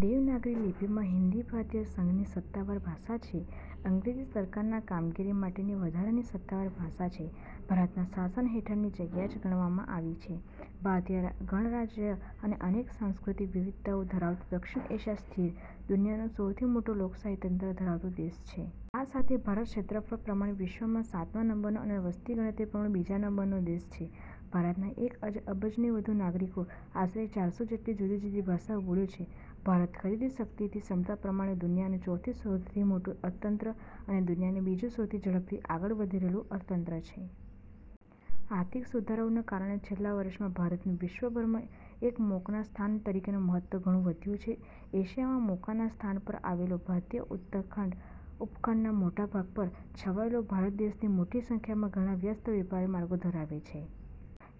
દેવનાગરી લિપિમાં હિન્દી ભારતીય સંઘની સત્તાવાર ભાષા છે. અંગ્રેજી સરકારના કામગીરી માટેની વધારાની સત્તાવાર ભાષા છે. ભારતના શાસન હેઠળની જગ્યા જ ગણવામાં આવી છે. ભારતીય ગણરાજ્ય એ અનેક સાંસ્કૃતિક વિવિધતાઓ ધરાવતો દક્ષિણ એશિયા સ્થિત દુનિયાનો સૌથી મોટું લોકશાહી તંત્ર ધરાવતો દેશ છે. આ સાથે ભારત ક્ષેત્રફળ પ્રમાણે વિશ્વમાં સાતમા નંબરનો અને વસ્તી ગણના પ્રમાણે બીજા નંબરનો દેશ છે. ભારતના એક અબજથી વધુ નાગરિકો આશરે ચારસો જેટલી જુદી-જુદી ભાષાઓ બોલે છે. ભારત, ખરીદશક્તિની ક્ષમતા પ્રમાણે દુનિયાનું ચોથું સૌથી મોટું અર્થતંત્ર, અને દુનિયાનું બીજું સૌથી ઝડપથી આગળ વધી રહેલું અર્થતંત્ર છે. આર્થિક સુધારાઓને કારણે છેલ્લા વર્ષમાં ભારતનું વિશ્વભરમાં એક મોકાના સ્થાન તરીકેનું મહત્વ ઘણું વધ્યું છે. એશિયામાં મોકાના સ્થાન પર આવેલો, ભારતીય ઉપખંડના મોટા ભાગ પર છવાયેલો, ભારત દેશ મોટી સંખ્યામાં ઘણા વ્યસ્ત વેપારી માર્ગો ધરાવે છે.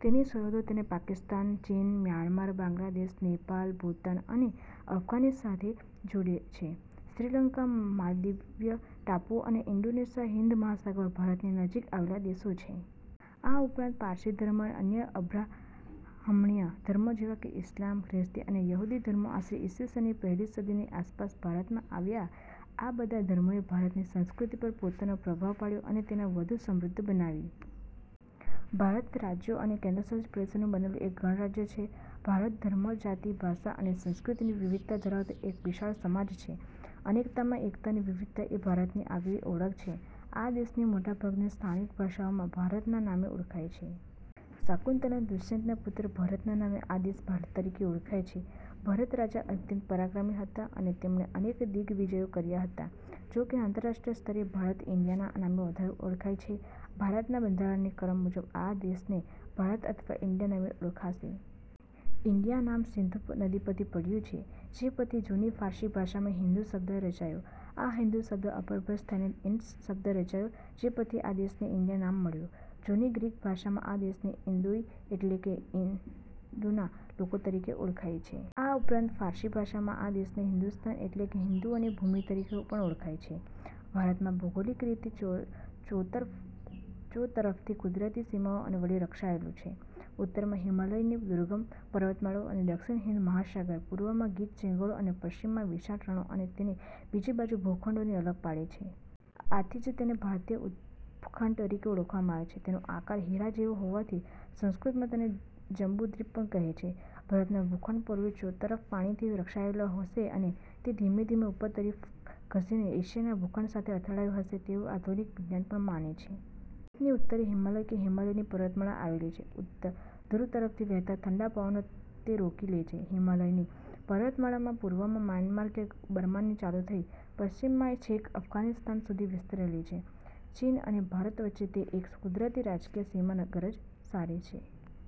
તેની સરહદો તેને પાકિસ્તાન, ચીન, મ્યાનમાર, બાંગ્લાદેશ, નેપાળ, ભૂતાન, અને અફઘાનિસ્તાન સાથે જોડે છે. શ્રીલંકા, માલદીવ્સ ટાપુઓ અને ઇન્ડોનેશિયા, હિંદ મહાસાગરમાં ભારતની નજીક આવેલા દેશો છે. આ ઉપરાંત પારસી ધર્મ અને અન્ય અબ્રાહ્મણીય ધર્મો જેવાં કે ઇસ્લામ, ખ્રિસ્તી, અને યહૂદી ધર્મો આશરે ઇસુની પહેલી સદીની આસપાસ ભારતમાં આવ્યા. આ બધા ધર્મોએ ભારતની સંસ્કૃતિ પર પોતાનો પ્રભાવ પાડ્યો અને તેને વધુ સમૃદ્ધ બનાવી. ભારત રાજ્યો અને કેન્દ્રશાસિત પ્રદેશોનું બનેલું એક ગણરાજ્ય છે. ભારત ધર્મ, જાતિ, ભાષા અને સંસ્કૃતિની વિવિધતા ધરાવતો એક વિશાળ સમાજ છે. 'અનેકતામાં એકતા' અને વિવિધતા એ ભારતની આગવી ઓળખ છે. આ દેશની મોટાભાગની સ્થાનિકભાષાઓમાં ભારતના નામે ઓળખાય છે. શકુંતલા અને દુષ્યંતના પુત્ર ભરતના નામે આ દેશ ભારત તરીકે ઓળખાય છે. ભરત રાજા અત્યંત પરાક્રમી હતાં અને તેમણે અનેક દિગ્વિજયો કર્યા હતાં. જોકે આંતરાષ્ટ્રીય સ્તરે ભારત 'ઇન્ડિયા'ના નામે વધુ ઓળખાય છે. ભારતનાં બંધારણની કલમ મુજબ આ દેશને 'ભારત' અથવા 'ઇન્ડિયા' નામે ઓળખાશે. ઇન્ડિયા નામ 'સિંધુ' નદી પરથી પડ્યું છે, જે પરથી જૂની ફારસી ભાષામાં "હિન્દુ" શબ્દ રચાયો. આ હિન્દુ શબ્દનું અપભ્રંશ થઇને 'ઇન્ડસ' શબ્દ રચાયો, જે પરથી આ દેશને 'ઇન્ડિયા' નામ મળ્યું. જૂની ગ્રીક ભાષામાં આ દેશને 'ઇન્દોઇ' એટલે કે 'ઇન્દુના લોકો' તરીકે ઓળખાય છે. આ ઉપરાંત ફારસી ભાષામાં આ દેશને 'હિન્દુસ્તાન' એટલે કે 'હિન્દુઓની ભૂમિ' તરીકે પણ ઓળખાય છે. ભારત ભૌગોલિક રીતે ચોતરફથી કુદરતી સીમાઓ વડે રક્ષાયેલું છે. ઉત્તરમાં હિમાલયની દુર્ગમ પર્વતમાળાઓ, દક્ષિણમાં હિંદ મહાસાગર, પૂર્વમાં ગીચ જંગલો અને પશ્ચિમમાં વિશાળ રણો તેને બીજા ભૂખંડોથી અલગ પાડે છે. આથી જ તેને ભારતીય ઉપખંડ તરીકે ઓળખવામાં આવે છે. તેનો આકાર હીરા જેવો હોવાથી તેને સંસ્કૃતમાં તેને જંબુદ્વિપ પણ કહે છે. ભારતનો ભૂખંડ પૂર્વે ચોતરફ પાણી થી રક્ષાયેલો હશે અને તે ધીમે ધીમે ઉપર તરફ ધસીને એશિયાના ભૂખંડ સાથે અથડાયો હશે તેવું આધુનિક વિજ્ઞાન પણ માને છે. ભારતની ઉત્તરે હિમાચલ કે હિમાલયની પર્વતમાળ આવેલી છે. ઉત્તર ધ્રુવ તરફથી વહેતા ઠંડા પવનોને તે રોકી લે છે. હિમાલયની પર્વતમાળા પૂર્વમાં મ્યાનમાર કે બર્માથી ચાલુ થઇ પશ્ચિમમાં છેક અફઘાનિસ્તાન સુધી વિસ્તરેલી છે. ચીન અને ભારત વચ્ચે તે એક કુદરતી રાજકીય સીમાની ગરજ સારે છે.